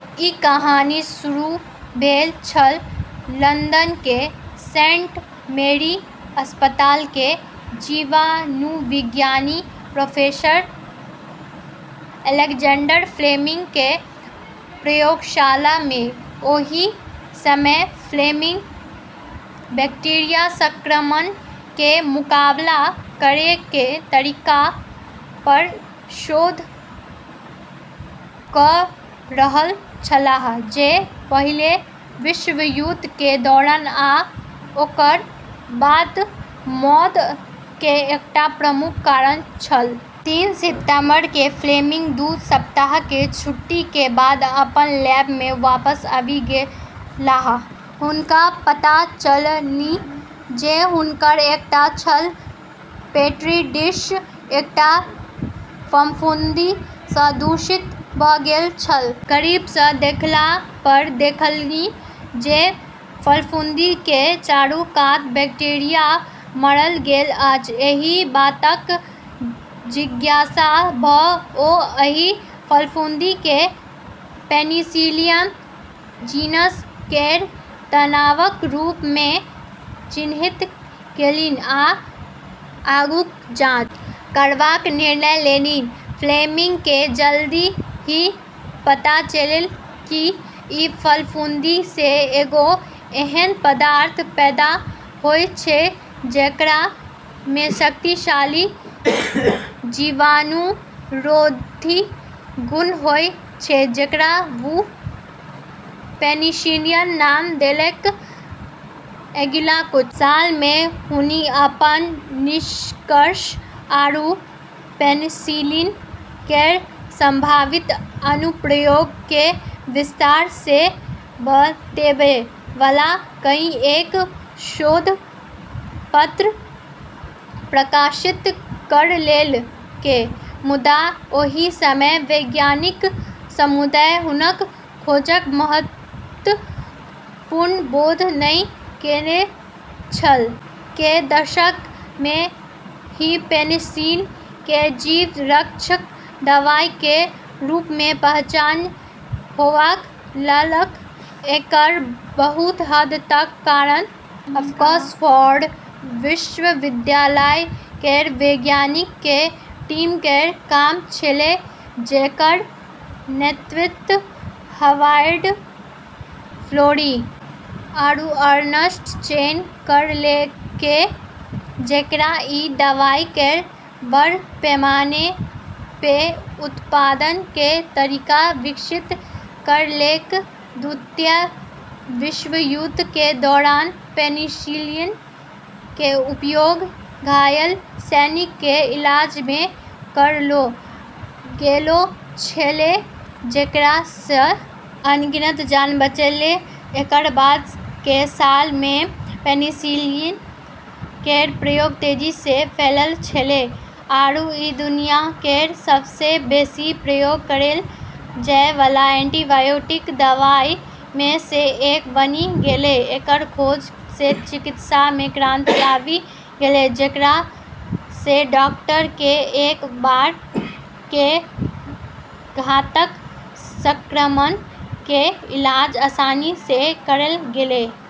ई कहानी शुरू भेल छल लंदन के सेंट मैरी अस्पताल के जीवाणुविज्ञानी प्रोफेसर अलेक्जेंडर फ्लेमिंग के प्रयोगशाला में, ओहि समय फ्लेमिंग बैक्टीरिया संक्रमण के मुकाबला करय के तरीका पर शोध क रहल छलाह जे पहिल विश्वयुद्ध के दौरान आ ओकर बाद मौत के एकटा प्रमुख कारण छल। तीन सितंबर के फ्लेमिंग दू सप्ताह के छुट्टी के बाद अपन लैब में वापस आबि गेलाह आ हुनका पता चललनि जे हुनकर एकटा छल पेट्री डिश एकटा फफूंदी स दूषित भ गेल छल, करीब स देखला पर देखलनि जे फफूंदी के चारू कात बैक्टीरिया मारल गेल अछि, एहि बातक जिज्ञासा भ ओ एहि फफूंदी केँ पेनिसिलियम जीनस केर तनावक रूप मे चिन्हित केलनि आ आगूक जांच करबाक निर्णय लेलनि, फ्लेमिंग के जल्दी ही पता चललै कि ई फफूंदी से एगो ऐन्हऽ पदार्थ पैदा होय छै जेकरा मे शक्तिशाली जीवाणुरोधी गुण होय छै जेकरा वू पेनिसिलिन नाम देलकै, अगिला कुछ सालऽ मे हुनी अपनऽ निष्कर्ष आरू पेनिसिलिन केरऽ संभावित अनुप्रयोग के विस्तार से बतैबै वाला कईएक शोध पत्र प्रकाशित करलकै मुदा ओहि समय वैज्ञानिक समुदाय हुनक खोजक महत्वक पूर्ण बोध नहि केने छल, के दशक में ही पेनिसिलिन के जीवन रक्षक दवाई के रूप में पहचान होबय लागल, एकरऽ बहुत हद तक कारण ऑक्सफोर्ड विश्वविद्यालय केरऽ वैज्ञानिकऽ के टीम केरऽ काम छेलै जेकरऽ नेतृत्व हावर्ड फ्लोरी आरू अर्नस्ट चेन करलकै जेकरा ई दवाई केरऽ बड़ पैमाने पे उत्पादन के तरीका विकसित करलकै, द्वितीय विश्वयुद्ध के दौरान पेनिसिलिन के उपयोग घायल सैनिक के इलाज में करलौ गेलौ छेलै जेकरा से अनगिनत जान बचलै, एकरऽ बाद के सालऽ मे पेनिसिलिन केरऽ प्रयोग तेजी से फैललऽ छेलै आरू ई दुनिया केरऽ सबसे बेसी प्रयोग करलऽ जाय वाला एंटीबायोटिक दवाई मे से एक बनी गेलै, एकरऽ खोज से चिकित्सा मे क्रांति आबी गेलै जेकरा से डॉक्टर के एक बार के घातक संक्रमण के इलाज आसानी से करलऽ गेलै।